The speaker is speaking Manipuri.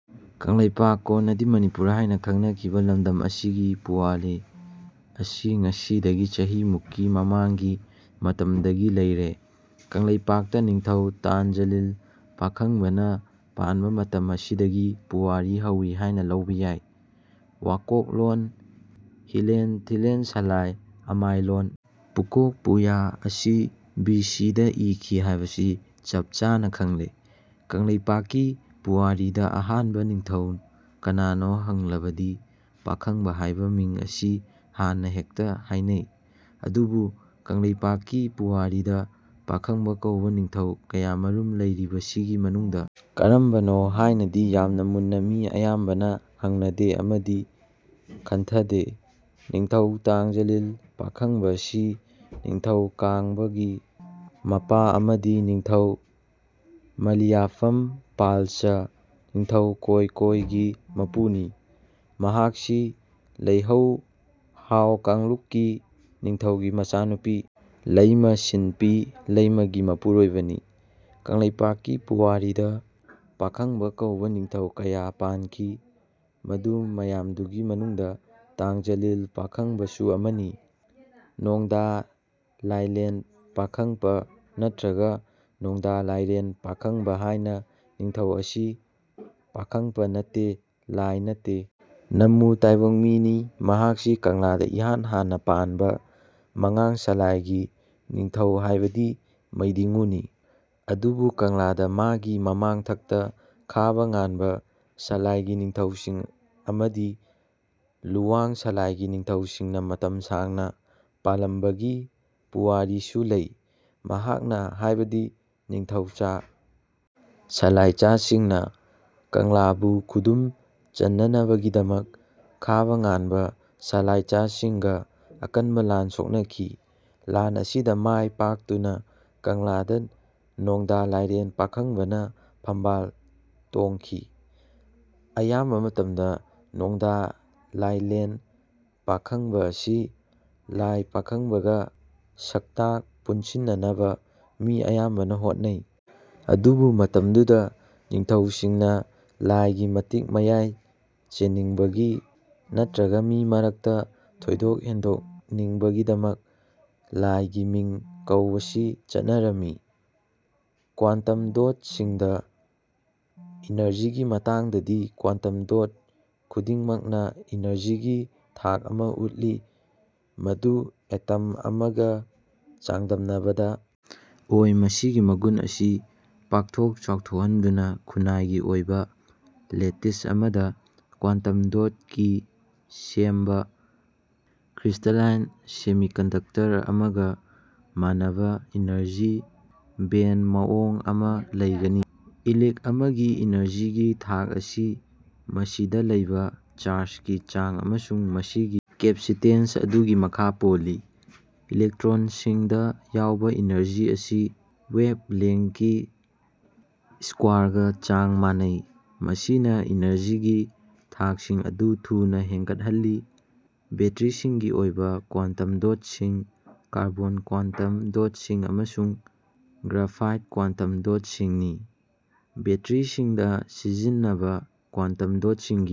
ꯀꯪꯂꯩꯄꯥꯛ (ꯀꯣꯟꯅꯗꯤ ꯃꯅꯤꯄꯨꯔ ꯍꯥꯢꯅ ꯈꯪꯅꯈꯤꯕ) ꯂꯝꯗꯝ ꯑꯁꯤꯒꯤ ꯄꯨꯋꯥ ꯔꯤ ꯑꯁꯤ ꯉꯁꯤꯗꯒꯤ ꯆꯍꯤ ꯃꯨꯛꯀꯤ ꯃꯃꯥꯡꯒꯤ ꯃꯇꯝꯗꯒꯤ ꯂꯩꯔꯦ꯫ ꯀꯪꯂꯩꯄꯥꯛꯇ ꯅꯤꯡꯊꯧ ꯇꯥꯡꯖ ꯂꯤꯂ ꯄꯥꯈꯪꯕꯅ ꯄꯥꯟꯕ ꯃꯇꯝ ꯑꯁꯤꯗꯒꯤ ꯄꯨꯋꯥꯔꯤ ꯍꯧꯏ ꯍꯥꯢꯅ ꯂꯧꯕ ꯌꯥꯢ꯫ ꯋꯥꯀꯣꯛꯂꯣꯟ ꯍꯤꯂꯦꯜ ꯊꯤꯂꯦꯜ ꯁꯂꯥꯏ ꯑꯃꯥꯏꯂꯣꯟ ꯄꯨꯀꯣꯛ ꯄꯨꯌꯥ ꯑꯁꯤ ꯕꯤ ꯁꯤ ꯗ ꯏꯈꯤ ꯍꯥꯢꯕꯁꯤ ꯆꯞ ꯆꯥꯅ ꯈꯪꯂꯦ꯫ ꯀꯪꯂꯩꯄꯥꯛꯀꯤ ꯄꯨꯋꯥꯔꯤꯗ ꯑꯍꯥꯟꯕ ꯅꯤꯡꯊꯧ ꯀꯅꯥꯅꯣ ꯍꯪꯂꯕꯗꯤ ꯄꯥꯈꯪꯕ ꯍꯥꯢꯕ ꯃꯤꯡ ꯑꯁꯤ ꯍꯥꯟꯅ ꯍꯦꯛꯇ ꯍꯥꯢꯅꯩ꯫ ꯑꯗꯨꯕꯨ ꯀꯪꯂꯩꯄꯥꯛꯀꯤ ꯄꯨꯋꯥꯔꯤꯗ ꯄꯥꯈꯪꯕ ꯀꯧꯕ ꯅꯤꯡꯊꯧ ꯀꯌꯥꯃꯔꯨꯝ ꯂꯩꯔꯤꯕꯁꯤꯒꯤ ꯃꯅꯨꯡꯗ ꯀꯔꯝꯕꯅꯣ ꯍꯥꯢꯅꯗꯤ ꯌꯥꯝꯅ ꯃꯨꯟꯅ ꯃꯤ ꯑꯌꯥꯝꯕꯅ ꯍꯪꯅꯗꯦ ꯑꯃꯗꯤ ꯈꯟꯊꯗꯦ꯫ ꯅꯤꯡꯊꯧ ꯇꯥꯡꯖ ꯂꯤꯜ ꯄꯥꯈꯪꯕ ꯑꯁꯤ ꯅꯤꯡꯊꯧ ꯀꯥꯡꯕ ꯒꯤ ꯃꯄꯥ ꯑꯃꯗꯤ ꯅꯤꯡꯊꯧ ꯃꯂꯤꯌꯥꯐꯝ ꯄꯥꯜꯆꯥ (ꯅꯤꯡꯊꯧ ꯀꯣꯢ ꯀꯣꯢ) ꯒꯤ ꯃꯄꯨꯅꯤ꯫ ꯃꯍꯥꯛꯁꯤ ꯂꯩꯍꯧ ꯍꯥꯎ ꯀꯥꯡꯂꯨꯞꯀꯤ ꯅꯤꯡꯊꯧꯒꯤ ꯃꯆꯥꯅꯨꯄꯤ ꯂꯩꯃ ꯁꯤꯟꯄꯤ ꯂꯩꯃꯒꯤ ꯃꯄꯨꯔꯣꯢꯕꯅꯤ꯫ ꯀꯪꯂꯩꯄꯥꯛꯀꯤ ꯄꯨꯋꯥꯔꯤꯗ "ꯄꯥꯈꯪꯕ" ꯀꯧꯕ ꯅꯤꯡꯊꯧ ꯀꯌꯥ ꯄꯥꯟꯈꯤ, ꯃꯗꯨ ꯃꯌꯥꯝꯗꯨꯒꯤ ꯃꯅꯨꯡꯗ "ꯇꯥꯡꯖ ꯂꯤꯜ ꯄꯥꯈꯪꯕ" ꯁꯨ ꯑꯃꯅꯤ꯫ ꯅꯣꯡꯗꯥ ꯂꯥꯢꯂꯦꯟ ꯄꯥꯈꯪꯄ ꯅꯠꯇ꯭ꯔꯒ ꯅꯣꯡꯗꯥ ꯂꯥꯏꯔꯦꯟ ꯄꯥꯈꯪꯕ ꯍꯥꯏꯕ ꯅꯤꯡꯊꯧ ꯑꯁꯤ ꯄꯥꯈꯪꯄ ꯅꯠꯇꯦ, ꯂꯥꯏ ꯅꯠꯇꯦ, ꯅꯃꯨ ꯇꯥꯏꯕꯪ ꯃꯤꯅꯤ꯫ ꯃꯍꯥꯛꯁꯤ ꯀꯪꯂꯥꯗ ꯏꯍꯥꯟ ꯍꯥꯟꯅ ꯄꯥꯟꯕ ꯃꯉꯥꯡ ꯁꯂꯥꯏꯒꯤ ꯅꯤꯡꯊꯧ ꯍꯥꯏꯕꯗꯤ ꯃꯩꯗꯤꯡꯉꯨꯅꯤ꯫ ꯑꯗꯨꯕꯨ ꯀꯪꯂꯥꯗ ꯃꯥꯒꯤ ꯃꯃꯥꯡꯊꯛꯇ ꯈꯥꯕ ꯉꯥꯟꯕ ꯁꯂꯥꯏꯒꯤ ꯅꯤꯡꯊꯧꯁꯤꯡ ꯑꯃꯗꯤ ꯂꯨꯋꯥꯡ ꯁꯂꯥꯏꯒꯤ ꯅꯤꯡꯊꯧꯁꯤꯡꯅ ꯃꯇꯝ ꯁꯥꯡꯅ ꯄꯥꯜꯂꯝꯕꯒꯤ ꯄꯨꯋꯥꯔꯤꯁꯨ ꯂꯩ꯫ ꯃꯍꯥꯛꯅ ꯍꯥꯏꯕꯗꯤ ꯅꯤꯡꯊꯧꯆꯥ ꯁꯂꯥꯏꯆꯥꯁꯤꯡꯅ ꯀꯪꯂꯥꯕꯨ ꯈꯨꯗꯨꯝ ꯆꯟꯅꯅꯕꯒꯤꯗꯃꯛ ꯈꯥꯕ ꯉꯥꯟꯕ ꯁꯂꯥꯏꯆꯥꯁꯤꯡꯒ ꯑꯀꯟꯕ ꯂꯥꯟ ꯁꯣꯛꯅꯈꯤ꯫ ꯂꯥꯟ ꯑꯁꯤꯗ ꯃꯥꯏ ꯄꯥꯛꯇꯨꯅ ꯀꯪꯂꯥꯗ ꯅꯣꯡꯗꯥ ꯂꯥꯏꯔꯦꯜ ꯄꯥꯈꯪꯕꯅ ꯐꯝꯕꯥꯜ ꯇꯣꯡꯈꯤ꯫ ꯑꯌꯥꯝꯕ ꯃꯇꯝꯗ ꯅꯣꯡꯗꯥ ꯂꯥꯏꯂꯦꯜ ꯄꯥꯈꯪꯕ ꯑꯁꯤ ꯂꯥꯏ ꯄꯥꯈꯪꯕꯒ ꯁꯛꯇꯥꯛ ꯄꯨꯟꯁꯤꯟꯅꯅꯕ ꯃꯤ ꯑꯌꯥꯝꯕꯅ ꯍꯣꯠꯅꯩ꯫ ꯑꯗꯨꯕꯨ ꯃꯇꯝꯗꯨꯗ ꯅꯤꯡꯊꯧꯁꯤꯡꯅ ꯂꯥꯏ ꯒꯤ ꯃꯇꯤꯛ ꯃꯌꯥꯏ ꯆꯦꯟꯅꯤꯡꯕꯒꯤ ꯅꯠꯇ꯭ꯔꯒ ꯃꯤ ꯃꯔꯛꯇ ꯊꯣꯏꯗꯣꯛ ꯍꯦꯟꯗꯣꯛꯅꯤꯡꯕꯒꯤꯗꯃꯛ ꯂꯥꯏꯒꯤ ꯃꯤꯡ ꯀꯧꯕꯁꯤ ꯆꯠꯅꯔꯝꯃꯤ꯫ ꯀ꯭ꯋꯥꯟꯇꯝ ꯗꯣꯠ ꯁꯤꯡꯗ ꯏꯅꯔꯖꯤꯒꯤ ꯃꯇꯥꯡꯗꯗꯤ, ꯀ꯭ꯋꯥꯟꯇꯝ ꯗꯣꯠ ꯈꯨꯗꯤꯡꯃꯛꯅ ꯏꯅꯔꯖꯤꯒꯤ ꯊꯥꯛ ꯑꯃ ꯎꯠꯂꯤ ꯃꯗꯨ ꯑꯦꯇꯝ ꯑꯃꯒ ꯆꯥꯡꯗꯝꯅꯕꯗ ꯑꯣꯏ꯫ ꯃꯁꯤꯒꯤ ꯃꯒꯨꯟ ꯑꯁꯤ ꯄꯥꯛꯊꯣꯛ ꯆꯥꯎꯊꯣꯛꯍꯟꯗꯨꯅ, ꯈꯨꯠꯅꯥꯏꯒꯤ ꯑꯣꯏꯕ ꯂꯦꯇꯤꯁ ꯑꯃꯗ (ꯀ꯭ꯋꯥꯟꯇꯝ ꯗꯣꯠꯀꯤ ꯁꯦꯝꯕ) ꯀ꯭ꯔꯤꯁꯇꯂꯥꯏꯟ ꯁꯦꯃꯤꯀꯟꯗꯛꯇꯔ ꯑꯃꯒ ꯃꯥꯟꯅꯕ ꯏꯅꯔꯖꯤ ꯕꯦꯟ ꯃꯑꯣꯡ ꯑꯃ ꯂꯩꯒꯅꯤ꯫ ꯏꯂꯤꯛ ꯑꯃꯒꯤ ꯏꯅꯔꯖꯤꯒꯤ ꯊꯥꯛ ꯑꯁꯤ ꯃꯁꯤꯗ ꯂꯩꯕ ꯆꯥꯔꯖꯀꯤ ꯆꯥꯡ ꯑꯃꯁꯨꯡ ꯃꯁꯤꯒꯤ ꯀꯦꯄꯁꯤꯇꯦꯟꯁ ꯑꯗꯨꯒꯤ ꯃꯈꯥ ꯄꯣꯜꯂꯤ꯫ ꯏꯂꯦꯛꯇ꯭ꯔꯣꯟꯁꯤꯡꯗ ꯌꯥꯎꯕ ꯏꯅꯔꯖꯤ ꯑꯁꯤ ꯋꯦꯚꯂꯦꯡ꯭ꯊꯀꯤ ꯁꯀ꯭ꯋꯥꯔꯒ ꯆꯥꯡ ꯃꯥꯟꯅꯩ꯫ ꯃꯁꯤꯅ ꯏꯅꯔꯖꯤꯒꯤ ꯊꯥꯛꯁꯤꯡ ꯑꯗꯨ ꯊꯨꯅ ꯍꯦꯟꯒꯠꯍꯜꯂꯤ ꯕꯦꯇ꯭ꯔꯤꯁꯤꯡꯒꯤ ꯑꯣꯏꯕ ꯀ꯭ꯋꯥꯟꯇꯝ ꯗꯣꯠꯁꯤꯡ ꯀꯥꯔꯕꯣꯟ ꯀ꯭ꯋꯥꯟꯇꯝ ꯗꯣꯠꯁꯤꯡ ꯑꯃꯁꯨꯡ ꯒ꯭ꯔꯥꯐꯥꯏꯠ ꯀ꯭ꯋꯥꯟꯇꯝ ꯗꯣꯠꯁꯤꯡꯅꯤ꯫ ꯕꯦꯇ꯭ꯔꯤꯁꯤꯡꯗ ꯁꯤꯖꯤꯟꯅꯕ ꯀ꯭ꯋꯥꯟꯇꯝ ꯗꯣꯠꯁꯤꯡꯒꯤ